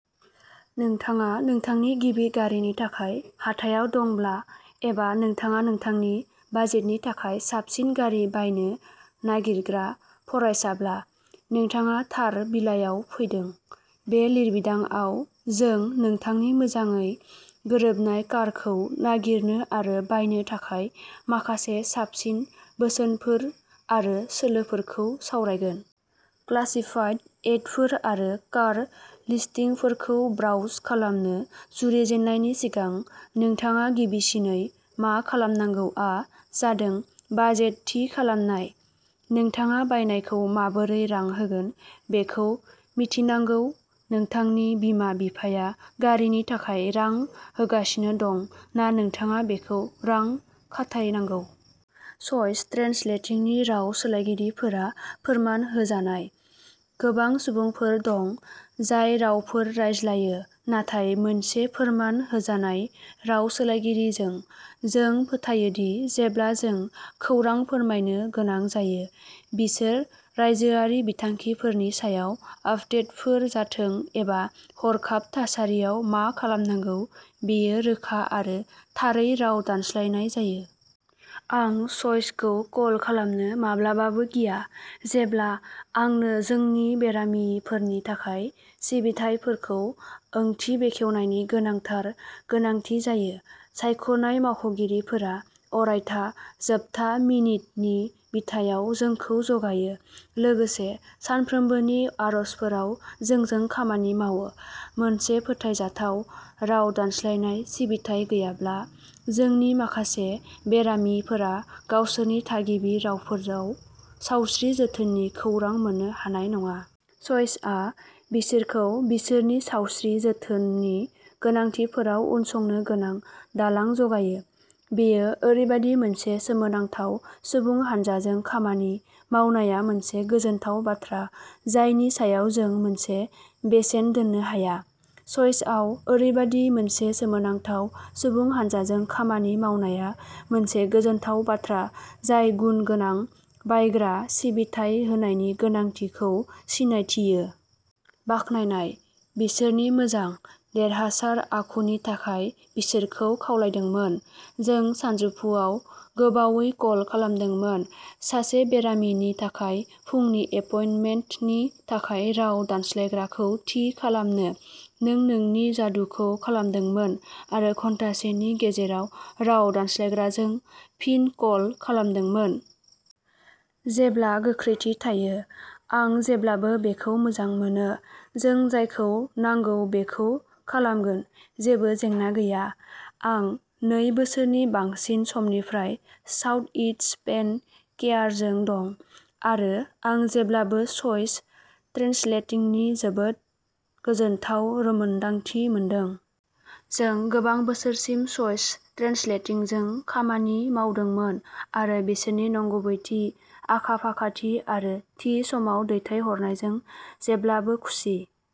नोंथाङा नोंथांनि गिबि गारिनि थाखाय हाथायाव दंब्ला एबा नोंथाङा नोंथांनि बाजेटनि थाखाय साबसिन गारि बायनो नागिरग्रा फरायसाब्ला, नोंथाङा थार बिलाइयाव फैदों। बे लिरबिदांआव, जों नोंथांनो मोजाङै गोरोबनाय कारखौ नागिरनो आरो बायनो थाखाय माखासे साबसिन बोसोनफोर आरो सोलोफोरखौ सावरायगोन। क्लासिफाइड एडफोर आरो कार लिस्टिंफोरखौ ब्राउज खालामनो जुरिजेननायनि सिगां नोंथाङा गिबिसिनै मा खालामनांगौआ जादों बाजेट थि खालामनाय। नोंथाङा बायनायखौ माबोरै रां होगोन बेखौ मिथिनांगौ-नोंथांनि बिमा-बिफाया गारिनि थाखाय रां होगासिनो दं ना नोंथाङा बेखौ रां खाथायनांगौ। च'इस ट्रेन्सलेटिंनि राव सोलायगिरिफोरा फोरमान होजानाय। गोबां सुबुंफोर दं जाय रावफोर रायज्लायो, नाथाय मोनसे फोरमान होजानाय राव सोलायगिरिजों, जों फोथायो दि जेब्ला जों खौरां फोरमायनो गोनां जायो, बिसोर रायजोआरि बिथांखिफोरनि सायाव आपडेटफोर जाथों एबा हरखाब थासारियाव मा खालामनांगौ, बेयो रोखा आरो थारै राव दानस्लायनाय जायो। "" आं च'इसखौ कल खालामनो माब्लाबाबो गिया जेब्ला आंनो जोंनि बेरामिफोरनि थाखाय सिबिथायफोरखौ ओंथि बेखेवनायनि गोनांथार गोनांथि जायो। सायख'नाय मावगिरिफोरा अरायथा जोबथा मिनिटनि बिथायाव जोंखौ जगायो, लोगोसे सानफ्रोमबोनि आर'जफोराव जोंजों खामानि मावो। मोनसे फोथायजाथाव राव दानस्लायनाय सिबिथाइ गैयाब्ला, जोंनि माखासे बेरामिफोरा गावसोरनि थागिबि रावफोराव सावस्रि जोथोननि खौरां मोननो हानाय नङा। च'इसआ बिसोरखौ बिसोरनि सावस्रि जोथोननि गोनांथिफोराव उनसंनो गोनां दालां जगायो। बेयो ओरैबायदि मोनसे सोमोनांथाव सुबुं हानजाजों खामानि मावनाया मोनसे गोजोनथाव बाथ्रा जायनि सायाव जों मोनसे बेसेन दोन्नो हाया। च'इसआव ओरैबायदि मोनसे सोमोनांथाव सुबुं हानजाजों खामानि मावनाया मोनसे गोजोनथाव बाथ्रा जाय गुनगोनां बायग्रा सिबिथाइ होनायनि गोनांथिखौ सिनायथियो। बाखनायनाय। बिसोरनि मोजां, देरहासार आखुनि थाखाय बिसोरखौ खावलायदोंमोन। "जों सानजौफुआव गोबावै कल खालामदोंमोन सासे बेरामिनि थाखाय फुंनि एपइन्टमेन्टनि थाखाय राव दानस्लायग्राखौ थि खालामनो। नों नोंनि जादुखौ खालामदोंमोन आरो घन्टासेनि गेजेराव राव दानस्लायग्राजों फिन कल खालामदोंमोन। जेब्ला गोख्रैथि थायो, आं जेब्लाबो बेखौ मोजां मोनो, जों जायखौ नांगौ बेखौ खालामगोन-जेबो जेंना गैया। आं नै बोसोरनि बांसिन समनिफ्राय साउथइस्ट पेन केयारजों दं, आरो आं जेब्लाबो च'इस ट्रान्सलेटिंनि जोबोद गोजोनथाव रोंमोनदांथि मोनदों। " "जों गोबां बोसोरसिम च'इस ट्रान्सलेटिंजों खामानि मावदोंमोन आरो बिसोरनि नंगुबैथि, आखा-फाखाथि आरो थि समाव दैथायहरनायजों जेब्लाबो खुसि।